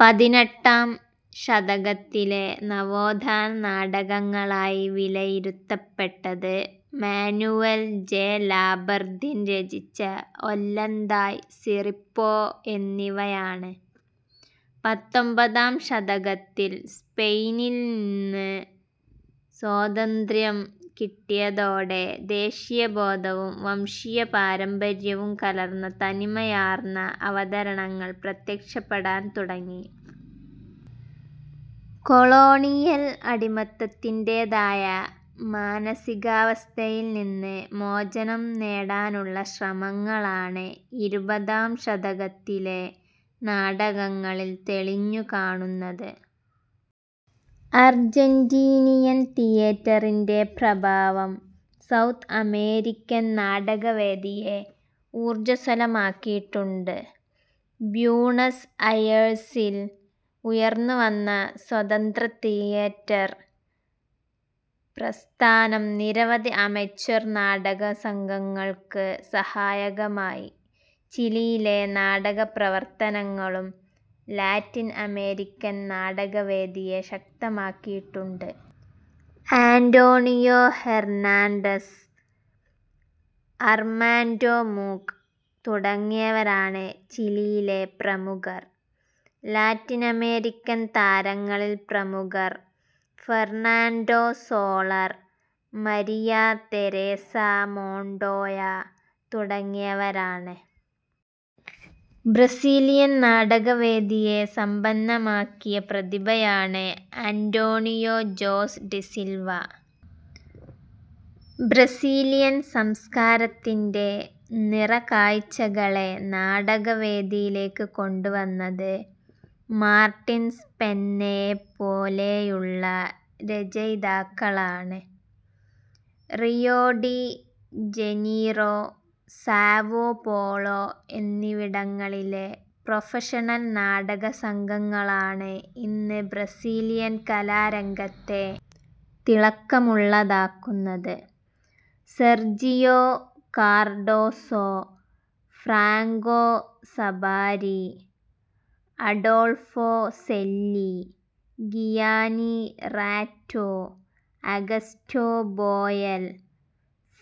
പതിനെട്ടാം ശതകത്തിലെ നവോത്ഥാന നാടകങ്ങളായി വിലയിരുത്തപ്പെട്ടത് മാനുവൽ ജെ. ലാബർദിൻ രചിച്ച ഒല്ലന്തായ്, സിറിപ്പോ എന്നിവയാണ്. പത്തൊൻപതാം ശതകത്തിൽ സ്പെയിനിൽ നിന്ന് സ്വാതന്ത്യ്രം കിട്ടിയതോടെ, ദേശീയബോധവും വംശീയപാരമ്പര്യവും കലർന്ന തനിമയാർന്ന അവതരണങ്ങൾ പ്രത്യക്ഷപ്പെടാൻ തുടങ്ങി. കൊളോണിയൽ അടിമത്തത്തിന്റേതായ മാനസികാവസ്ഥയിൽ നിന്ന് മോചനം നേടാനുള്ള ശ്രമങ്ങളാണ് ഇരുപതാം ശതകത്തിലെ നാടകങ്ങളിൽ തെളിഞ്ഞു കാണുന്നത്. അർജന്റീനിയൻ തിയേറ്ററിന്റെ പ്രഭാവം, സൗത്ത് അമേരിക്കൻ നാടകവേദിയെ ഊർജസ്വലമാക്കിയിട്ടുണ്ട്. ബ്യൂണസ് അയേഴ്സിൽ ഉയർന്നുവന്ന സ്വതന്ത്ര തിയേറ്റർ പ്രസ്ഥാനം നിരവധി അമച്വർ നാടകസംഘങ്ങൾക്ക് സഹായകമായി. ചിലിയിലെ നാടകപ്രവർത്തനങ്ങളും ലാറ്റിൻ-അമേരിക്കൻ നാടകവേദിയെ ശക്തമാക്കിയിട്ടുണ്ട്. ആന്റോണിയോ ഹെർനാന്റസ്, അർമാന്റോ മൂക്ക് തുടങ്ങിയവരാണ് ചിലിയിലെ പ്രമുഖർ. ലാറ്റിനമേരിക്കൻ താരങ്ങളിൽ പ്രമുഖർ Fernando Soler, Maria Teresa Montoya തുടങ്ങിയവരാണ്. ബ്രസീലിയൻ നാടകവേദിയെ സമ്പന്നമാക്കിയ പ്രതിഭയാണ് അന്റോണിയോ ജോസ് ഡിസിൽവ. ബ്രസീലിയൻ സംസ്കാരത്തിന്റെ നിറക്കാഴ്ചകളെ നാടകവേദിയിലേക്ക് കൊണ്ടുവന്നത് മാർട്ടിൻസ്പെന്നയെപ്പോലെയുള്ള രചയിതാക്കളാണ്. റിയോ-ഡി-ജനീറോ, സാവോപോളോ എന്നിവിടങ്ങളിലെ പ്രൊഫഷണൽ നാടകസംഘങ്ങളാണ് ഇന്ന് ബ്രസീലിയൻ കലാരംഗത്തെ തിളക്കമുള്ളതാക്കുന്നത്. Sergio Cardoso, Franco Zampari, Adolfo Celi, Gianni Ratto, Augusto Boal,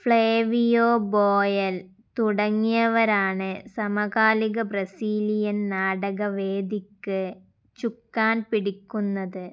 Flavio Boal തുടങ്ങിയവരാണ് സമകാലിക ബ്രസീലിയൻ നാടകകവേദിക്ക് ചുക്കാൻ പിടിക്കുന്നത്.